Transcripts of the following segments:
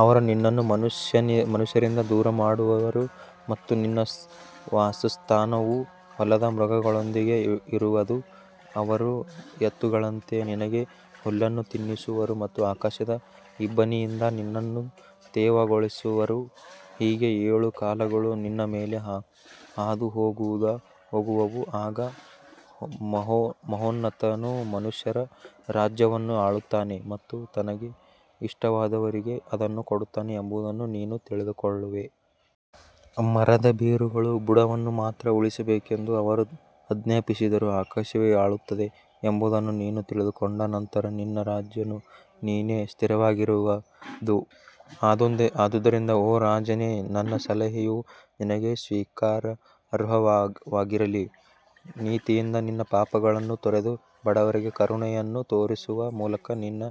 ಅವರು ನಿನ್ನನ್ನು ಮನುಷ್ಯರಿಂದ ದೂರಮಾಡುವರು ಮತ್ತು ನಿನ್ನ ವಾಸಸ್ಥಾನವು ಹೊಲದ ಮೃಗಗಳೊಂದಿಗೆ ಇರುವದು. ಅವರು ಎತ್ತುಗಳಂತೆ ನಿನಗೆ ಹುಲ್ಲನ್ನು ತಿನ್ನಿಸುವರು ಮತ್ತು ಆಕಾಶದ ಇಬ್ಬನಿಯಿಂದ ನಿನ್ನನ್ನು ತೇವಗೊಳಿಸುವರು. ಹೀಗೆ ಏಳು ಕಾಲಗಳು ನಿನ್ನ ಮೇಲೆ ಹಾದುಹೋಗುವವು, ಆಗ ಮಹೋನ್ನತನು ಮನುಷ್ಯರ ರಾಜ್ಯವನ್ನು ಆಳುತ್ತಾನೆ ಮತ್ತು ತನಗೆ ಇಷ್ಟವಾದವರಿಗೆ ಅದನ್ನು ಕೊಡುತ್ತಾನೆ ಎಂಬುದನ್ನು ನೀನು ತಿಳಿದುಕೊಳ್ಳುವೆ. ಮರದ ಬೇರುಗಳ ಬುಡವನ್ನು ಮಾತ್ರ ಉಳಿಸಬೇಕೆಂದು ಅವರು ಆಜ್ಞಾಪಿಸಿದರೂ, ಆಕಾಶವೇ ಆಳುತ್ತದೆ ಎಂಬುದನ್ನು ನೀನು ತಿಳಿದುಕೊಂಡ ನಂತರ ನಿನ್ನ ರಾಜ್ಯವು ನಿನಗೆ ಸ್ಥಿರವಾಗಿರುವದು. ಆದುದರಿಂದ ಓ ರಾಜನೇ, ನನ್ನ ಸಲಹೆಯು ನಿನಗೆ ಸ್ವೀಕಾರಾರ್ಹವಾಗಿರಲಿ. ನೀತಿಯಿಂದ ನಿನ್ನ ಪಾಪಗಳನ್ನು ತೊರೆದು, ಬಡವರಿಗೆ ಕರುಣೆಯನ್ನು ತೋರಿಸುವ ಮೂಲಕ ನಿನ್ನ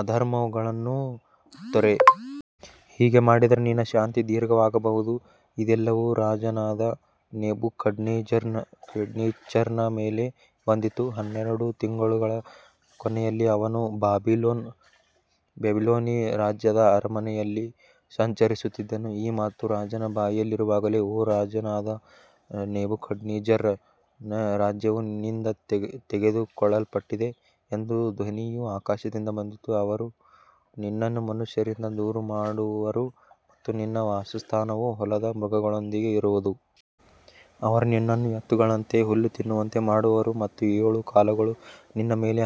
ಅಧರ್ಮಗಳನ್ನು ತೊರೆ. ಹೀಗೆ ಮಾಡಿದರೆ ನಿನ್ನ ಶಾಂತಿ ದೀರ್ಘವಾಗಬಹುದು. ಇದೆಲ್ಲವೂ ರಾಜನಾದ ನೆಬೂಕದ್ನೆಚ್ಚರನ ಮೇಲೆ ಬಂದಿತು. ಹನ್ನೆರಡು ತಿಂಗಳುಗಳ ಕೊನೆಯಲ್ಲಿ ಅವನು ಬಾಬಿಲೋನ್ ರಾಜ್ಯದ ಅರಮನೆಯಲ್ಲಿ ಸಂಚರಿಸುತ್ತಿದ್ದನು. ಈ ಮಾತು ರಾಜನ ಬಾಯಲ್ಲಿರುವಾಗಲೇ, ಓ ರಾಜನಾದ ನೆಬೂಕದ್ನೆಚ್ಚರನೇ, ರಾಜ್ಯವು ನಿನ್ನಿಂದ ತೆಗೆದುಕೊಳ್ಳಲ್ಪಟ್ಟಿದೆ ಎಂಬ ಧ್ವನಿಯು ಆಕಾಶದಿಂದ ಬಂದಿತು. ಅವರು ನಿನ್ನನ್ನು ಮನುಷ್ಯರಿಂದ ದೂರಮಾಡುವರು ಮತ್ತು ನಿನ್ನ ವಾಸಸ್ಥಾನವು ಹೊಲದ ಮೃಗಗಳೊಂದಿಗೆ ಇರುವದು. ಅವರು ನಿನ್ನನ್ನು ಎತ್ತುಗಳಂತೆ ಹುಲ್ಲು ತಿನ್ನುವಂತೆ ಮಾಡುವರು ಮತ್ತು ಏಳು ಕಾಲಗಳು ನಿನ್ನ ಮೇಲೆ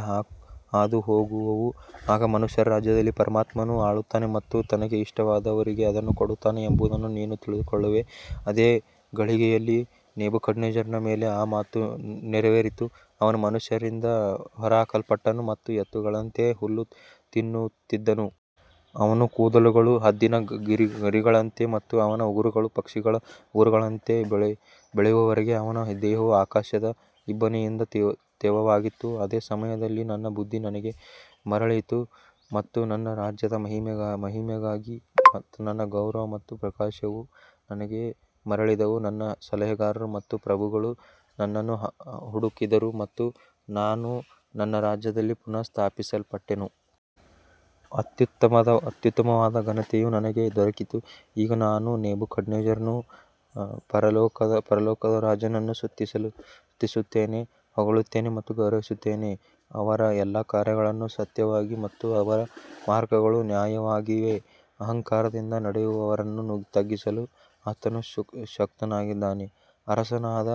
ಹಾದುಹೋಗುವವು. ಆಗ ಮನುಷ್ಯರ ರಾಜ್ಯದಲ್ಲಿ ಪರಮಾತ್ಮನು ಆಳುತ್ತಾನೆ ಮತ್ತು ತನಗೆ ಇಷ್ಟವಾದವರಿಗೆ ಅದನ್ನು ಕೊಡುತ್ತಾನೆ ಎಂಬುದನ್ನು ನೀನು ತಿಳಿದುಕೊಳ್ಳುವೆ. ಅದೇ ಗಳಿಗೆಯಲ್ಲಿ ನೆಬೂಕದ್ನೆಚ್ಚರನ ಮೇಲೆ ಆ ಮಾತು ನೆರವೇರಿತು. ಅವನು ಮನುಷ್ಯರಿಂದ ಹೊರಹಾಕಲ್ಪಟ್ಟನು ಮತ್ತು ಎತ್ತುಗಳಂತೆ ಹುಲ್ಲು ತಿನ್ನುತ್ತಿದ್ದನು. ಅವನ ಕೂದಲುಗಳು ಹದ್ದಿನ ಗರಿಗಳಂತೆ ಮತ್ತು ಅವನ ಉಗುರುಗಳು ಪಕ್ಷಿಗಳ ಉಗುರುಗಳಂತೆ ಬೆಳೆಯುವವರೆಗೆ ಅವನ ದೇಹವು ಆಕಾಶದ ಇಬ್ಬನಿಯಿಂದ ತೇವವಾಗಿತ್ತು. ಅದೇ ಸಮಯದಲ್ಲಿ ನನ್ನ ಬುದ್ಧಿ ನನಗೆ ಮರಳಿತು ಮತ್ತು ನನ್ನ ರಾಜ್ಯದ ಮಹಿಮೆಗಾಗಿ ನನ್ನ ಗೌರವ ಮತ್ತು ಪ್ರಕಾಶವೂ ನನಗೆ ಮರಳಿದವು. ನನ್ನ ಸಲಹೆಗಾರರು ಮತ್ತು ಪ್ರಭುಗಳು ನನ್ನನ್ನು ಹುಡುಕಿದರು ಮತ್ತು ನಾನು ನನ್ನ ರಾಜ್ಯದಲ್ಲಿ ಪುನಃ ಸ್ಥಾಪಿಸಲ್ಪಟ್ಟೆನು. ಅತ್ಯುತ್ತಮವಾದ ಘನತೆಯೂ ನನಗೆ ದೊರಕಿತು. ಈಗ ನಾನು ನೆಬೂಕದ್ನೆಚ್ಚರನು ಪರಲೋಕದ ರಾಜನನ್ನು ಸ್ತುತಿಸುತ್ತೇನೆ, ಹೊಗಳುತ್ತೇನೆ ಮತ್ತು ಗೌರವಿಸುತ್ತೇನೆ. ಅವರ ಎಲ್ಲಾ ಕಾರ್ಯಗಳು ಸತ್ಯವಾಗಿವೆ ಮತ್ತು ಅವರ ಮಾರ್ಗಗಳು ನ್ಯಾಯವಾಗಿವೆ. ಅಹಂಕಾರದಿಂದ ನಡೆಯುವವರನ್ನು ತಗ್ಗಿಸಲು ಆತನು ಶಕ್ತನಾಗಿದ್ದಾನೆ. ಅರಸನಾದ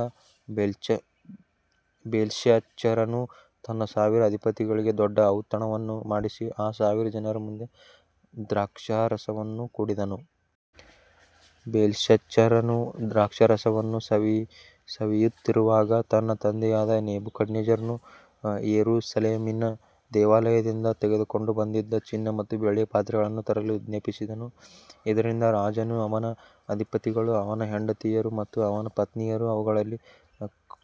ಬೇಲ್ಶಚ್ಚರನು ತನ್ನ ಸಾವಿರ ಅಧಿಪತಿಗಳಿಗೆ ದೊಡ್ಡ ಔತಣವನ್ನು ಮಾಡಿಸಿ, ಆ ಸಾವಿರ ಜನರ ಮುಂದೆ ದ್ರಾಕ್ಷಾರಸವನ್ನು ಕುಡಿದನು. ಬೇಲ್ಶಚ್ಚರನು ದ್ರಾಕ್ಷಾರಸವನ್ನು ಸವಿಯುತ್ತಿರುವಾಗ, ತನ್ನ ತಂದೆಯಾದ ನೆಬೂಕದ್ನೆಚ್ಚರನು ಯೆರೂಸಲೇಮಿನ ದೇವಾಲಯದಿಂದ ತೆಗೆದುಕೊಂಡು ಬಂದಿದ್ದ ಚಿನ್ನ ಮತ್ತು ಬೆಳ್ಳಿಯ ಪಾತ್ರೆಗಳನ್ನು ತರಲು ಆಜ್ಞಾಪಿಸಿದನು, ಇದರಿಂದ ರಾಜನು, ಅವನ ಅಧಿಪತಿಗಳು, ಅವನ ಹೆಂಡತಿಯರು ಮತ್ತು ಅವನ ಉಪಪತ್ನಿಯರು ಅವುಗಳಲ್ಲಿ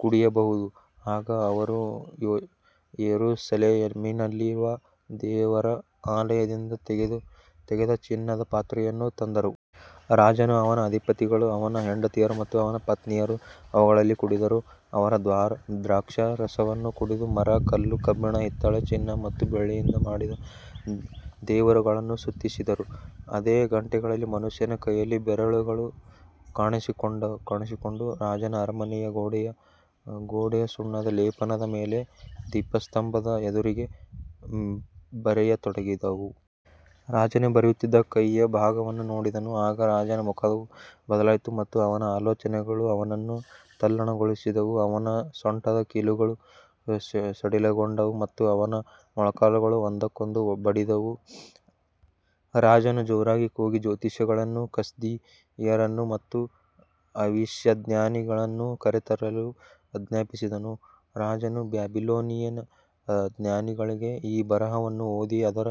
ಕುಡಿಯಬಹುದು. ಆಗ ಅವರು ಯೆರೂಸಲೇಮಿನಲ್ಲಿರುವ ದೇವರ ಆಲಯದಿಂದ ತೆಗೆದ ಚಿನ್ನದ ಪಾತ್ರೆಗಳನ್ನು ತಂದರು. ರಾಜನು, ಅವನ ಅಧಿಪತಿಗಳು, ಅವನ ಹೆಂಡತಿಯರು ಮತ್ತು ಅವನ ಉಪಪತ್ನಿಯರು ಅವುಗಳಲ್ಲಿ ಕುಡಿದರು. ಅವರು ದ್ರಾಕ್ಷಾರಸವನ್ನು ಕುಡಿದು, ಮರ, ಕಲ್ಲು, ಕಬ್ಬಿಣ, ಹಿತ್ತಾಳೆ, ಚಿನ್ನ ಮತ್ತು ಬೆಳ್ಳಿಯಿಂದ ಮಾಡಿದ ದೇವರುಗಳನ್ನು ಸ್ತುತಿಸಿದರು. ಅದೇ ಗಂಟೆಯಲ್ಲಿ ಮನುಷ್ಯನ ಕೈಯ ಬೆರಳುಗಳು ಕಾಣಿಸಿಕೊಂಡು, ರಾಜನ ಅರಮನೆಯ ಗೋಡೆಯ ಸುಣ್ಣದ ಲೇಪನದ ಮೇಲೆ ದೀಪಸ್ತಂಭದ ಎದುರಿಗೆ ಬರೆಯತೊಡಗಿದವು. ರಾಜನು ಬರೆಯುತ್ತಿದ್ದ ಕೈಯ ಭಾಗವನ್ನು ನೋಡಿದನು. ಆಗ ರಾಜನ ಮುಖವು ಬದಲಾಯಿತು ಮತ್ತು ಅವನ ಆಲೋಚನೆಗಳು ಅವನನ್ನು ತಲ್ಲಣಗೊಳಿಸಿದವು. ಅವನ ಸೊಂಟದ ಕೀಲುಗಳು ಸಡಿಲಗೊಂಡವು ಮತ್ತು ಅವನ ಮೊಣಕಾಲುಗಳು ಒಂದಕ್ಕೊಂದು ಬಡಿದವು. ರಾಜನು ಜೋರಾಗಿ ಕೂಗಿ ಜ್ಯೋತಿಷಿಗಳನ್ನು, ಕಸ್ದೀಯರನ್ನು ಮತ್ತು ಭವಿಷ್ಯಜ್ಞಾನಿಗಳನ್ನು ಕರೆತರಲು ಆಜ್ಞಾಪಿಸಿದನು. ರಾಜನು ಬಾಬಿಲೋನಿನ ಜ್ಞಾನಿಗಳಿಗೆ, ಈ ಬರಹವನ್ನು ಓದಿ ಅದರ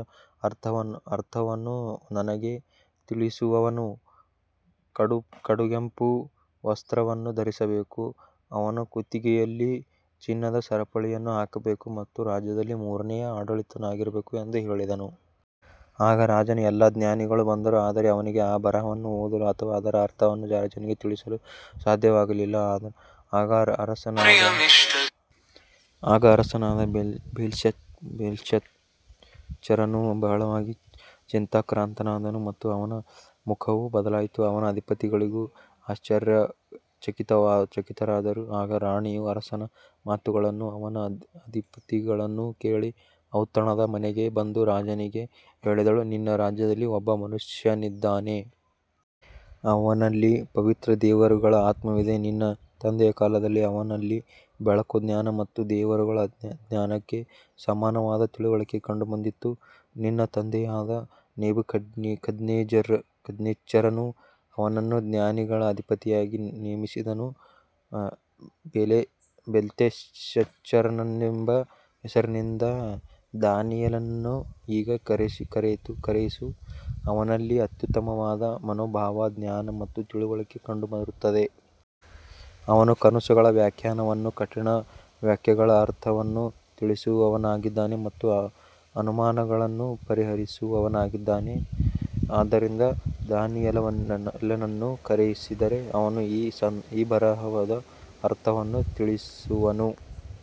ಅರ್ಥವನ್ನು ನನಗೆ ತಿಳಿಸುವವನು ಕಡುಗೆಂಪು ವಸ್ತ್ರವನ್ನು ಧರಿಸಬೇಕು, ಅವನ ಕುತ್ತಿಗೆಯಲ್ಲಿ ಚಿನ್ನದ ಸರಪಳಿಯನ್ನು ಹಾಕಬೇಕು ಮತ್ತು ರಾಜ್ಯದಲ್ಲಿ ಮೂರನೆಯ ಆಡಳಿತಗಾರನಾಗಬೇಕು ಎಂದು ಹೇಳಿದನು. ಆಗ ರಾಜನ ಎಲ್ಲಾ ಜ್ಞಾನಿಗಳು ಬಂದರು, ಆದರೆ ಅವರಿಗೆ ಆ ಬರಹವನ್ನು ಓದಲು ಅಥವಾ ಅದರ ಅರ್ಥವನ್ನು ರಾಜನಿಗೆ ತಿಳಿಸಲು ಸಾಧ್ಯವಾಗಲಿಲ್ಲ. ಆಗ ಅರಸನಾದ ಬೇಲ್ಶಚ್ಚರನು ಬಹಳವಾಗಿ ಚಿಂತಾಕ್ರಾಂತನಾದನು ಮತ್ತು ಅವನ ಮುಖವು ಬದಲಾಯಿತು. ಅವನ ಅಧಿಪತಿಗಳೂ ಆಶ್ಚರ್ಯಚಕಿತರಾದರು. ಆಗ ರಾಣಿಯು ಅರಸನ ಮಾತುಗಳನ್ನೂ ಅವನ ಅಧಿಪತಿಗಳನ್ನೂ ಕೇಳಿ ಔತಣದ ಮನೆಗೆ ಬಂದು, ರಾಜನಿಗೆ ಹೇಳಿದಳು, ನಿನ್ನ ರಾಜ್ಯದಲ್ಲಿ ಒಬ್ಬ ಮನುಷ್ಯನಿದ್ದಾನೆ. ಅವನಲ್ಲಿ ಪವಿತ್ರ ದೇವರುಗಳ ಆತ್ಮವಿದೆ. ನಿನ್ನ ತಂದೆಯ ಕಾಲದಲ್ಲಿ ಅವನಲ್ಲಿ ಬೆಳಕು, ಜ್ಞಾನ ಮತ್ತು ದೇವರುಗಳ ಜ್ಞಾನಕ್ಕೆ ಸಮಾನವಾದ ತಿಳುವಳಿಕೆ ಕಂಡುಬಂದಿತ್ತು. ನಿನ್ನ ತಂದೆಯಾದ ನೆಬೂಕದ್ನೆಚ್ಚರನು ಅವನನ್ನು ಜ್ಞಾನಿಗಳ ಅಧಿಪತಿಯಾಗಿ ನೇಮಿಸಿದ್ದನು. ಬೆಲ್ತೆಶಚ್ಚರನೆಂಬ ಹೆಸರಿನ ದಾನಿಯೇಲನನ್ನು ಈಗ ಕರೆಯಿಸು. ಅವನಲ್ಲಿ ಅತ್ಯುತ್ತಮವಾದ ಮನೋಭಾವ, ಜ್ಞಾನ ಮತ್ತು ತಿಳುವಳಿಕೆ ಕಂಡುಬರುತ್ತವೆ. ಅವನು ಕನಸುಗಳ ವ್ಯಾಖ್ಯಾನವನ್ನೂ ಕಠಿಣ ವಾಕ್ಯಗಳ ಅರ್ಥವನ್ನೂ ತಿಳಿಸುವವನಾಗಿದ್ದಾನೆ ಮತ್ತು ಅನುಮಾನಗಳನ್ನು ಪರಿಹರಿಸುವವನಾಗಿದ್ದಾನೆ. ಆದ್ದರಿಂದ ದಾನಿಯೇಲನನ್ನು ಕರೆಯಿಸಿದರೆ ಅವನು ಈ ಬರಹದ ಅರ್ಥವನ್ನು ತಿಳಿಸುವನು.